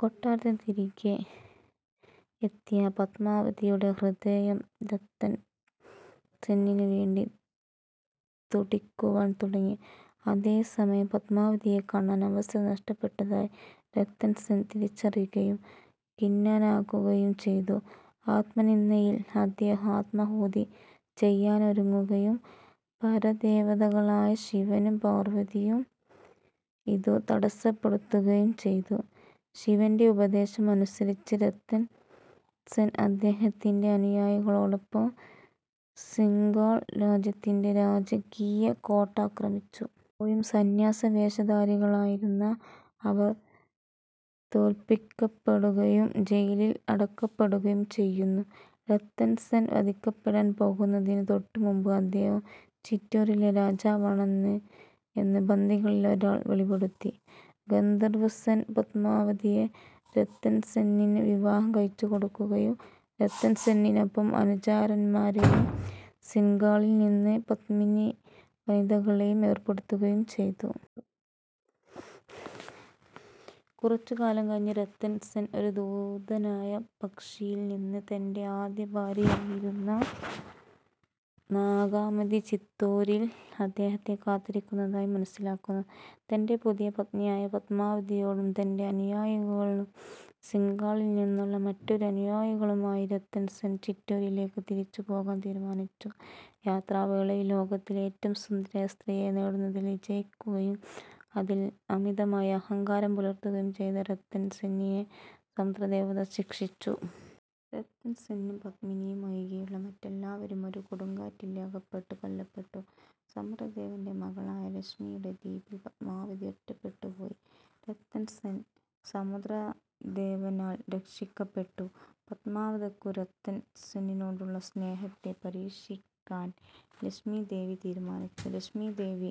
കൊട്ടാരത്തിൽ തിരികെയെത്തിയ പത്മാവതിയുടെ ഹൃദയം രത്തൻ സെന്നിനു വേണ്ടി തുടിക്കുവാൻ തുടങ്ങി. അതേസമയം, പത്മാവതിയെ കാണാൻ അവസരം നഷ്ടപ്പെട്ടതായി രത്തൻ സെൻ തിരിച്ചറിയുകയും ഖിന്നനാകുകയും ചെയ്തു. ആത്മനിന്ദയാൽ അദ്ദേഹം ആത്മാഹൂതി ചെയ്യാനൊരുങ്ങുകയും പരദേവതകളായ ശിവനും പാർവ്വതിയും ഇതു തടസ്സപ്പെടുത്തുകയും ചെയ്തു. ശിവൻറ ഉപദേശം അനുസരിച്ച്, രത്തൻ സെൻ അദ്ദേഹത്തിന്റെ അനുയായികളോടൊപ്പം സിൻഘാൾ രാജ്യത്തിൻറെ രാജകീയ കോട്ട ആക്രമിച്ചു. അപ്പോഴും സന്യാസ വേഷധാരികളായിരുന്ന അവർ തോൽപ്പിക്കപ്പെടുകയും ജയിലിൽ അടക്കപ്പെടുകയും ചെയ്യുന്നു. രത്തൻ സെൻ വധിക്കപ്പെടാൻ പോകുന്നതിനു തൊട്ടുമുമ്പ്, അദ്ദേഹം ചിറ്റൂരിലെ രാജാവാണെന്ന് എന്ന് ബന്ദികളിലൊരാൾ വെളിപ്പെടുത്തി. ഗന്ധർവ് സെൻ പത്മാവതിയെ രത്തൻ സെന്നിനു വിവാഹം കഴിച്ചുകൊടുക്കുകയും രത്തൻ സെന്നിനൊപ്പം അനുചരന്മാരെയും സിൻഘാളിൽനിന്ന് പത്മിനിവനിതകളേയും ഏർപ്പെടുത്തുകയും ചെയ്തു. കുറച്ചു കാലം കഴിഞ്ഞ് രത്തൻ സെൻ ഒരു ദൂതനായ പക്ഷിയിൽ നിന്ന് തൻറെ ആദ്യ ഭാര്യയായിരുന്ന നാഗമതി ചിത്തോരിൽ അദ്ദേഹത്തെ കാത്തിരിക്കുന്നതായി മനസ്സിലാക്കുന്നു. തൻറെ പുതിയ പത്നിയായ പത്മാവതിയോടും തൻറെ അനുയായികളുംസിൻഘാളിൽനിന്നുള്ള മറ്റൊരു അനുയായികളുമായി രത്തൻ സെൻ ചിറ്റൂരിലേക്ക് തിരിച്ചുപോകാൻ തീരുമാനിച്ചു. യാത്രാവേളയിൽ, ലോകത്തിലെ ഏറ്റവും സുന്ദരിയായ സ്ത്രീയെ നേടുന്നതിൽ വിജയിക്കുകയും അതിൽ അമിതമായ അഹങ്കാരം പുലർത്തുകയും ചെയ്ത രത്തൻ സെന്നിനെ സമുദ്രദേവത ശിക്ഷിച്ചു. രത്തൻ സെന്നും പത്മിനിയും ഒഴികെയുള്ള മറ്റെല്ലാവരും ഒരു കൊടുങ്കാറ്റിലകപ്പെട്ട് കൊല്ലപ്പെട്ടു. സമുദ്രദേവൻറെ മകളായ ലക്ഷ്മിയുടെ ദ്വീപിൽ പത്മാവതി ഒറ്റപ്പെട്ടുപോയി. രത്തൻ സെൻ, സമുദ്രദേവനാൽ രക്ഷിക്കപ്പെട്ടു. പത്മാവതയ്ക്കു രത്തൻ സെന്നിനോടുള്ള സ്നേഹത്തെ പരീക്ഷിക്കാൻ ലക്ഷ്മി ദേവി തീരുമാനിച്ചു. ലക്ഷ്മി ദേവി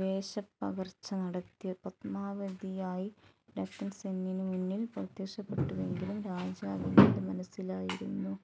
വേഷപ്പകർച്ചനടത്തി പത്മാവതിയായി രത്തൻ സെന്നിനു മുന്നിൽ പ്രത്യക്ഷപ്പെട്ടുവെങ്കിലും രാജാവിന് ഇതു മനസ്സിലായിരുന്നു.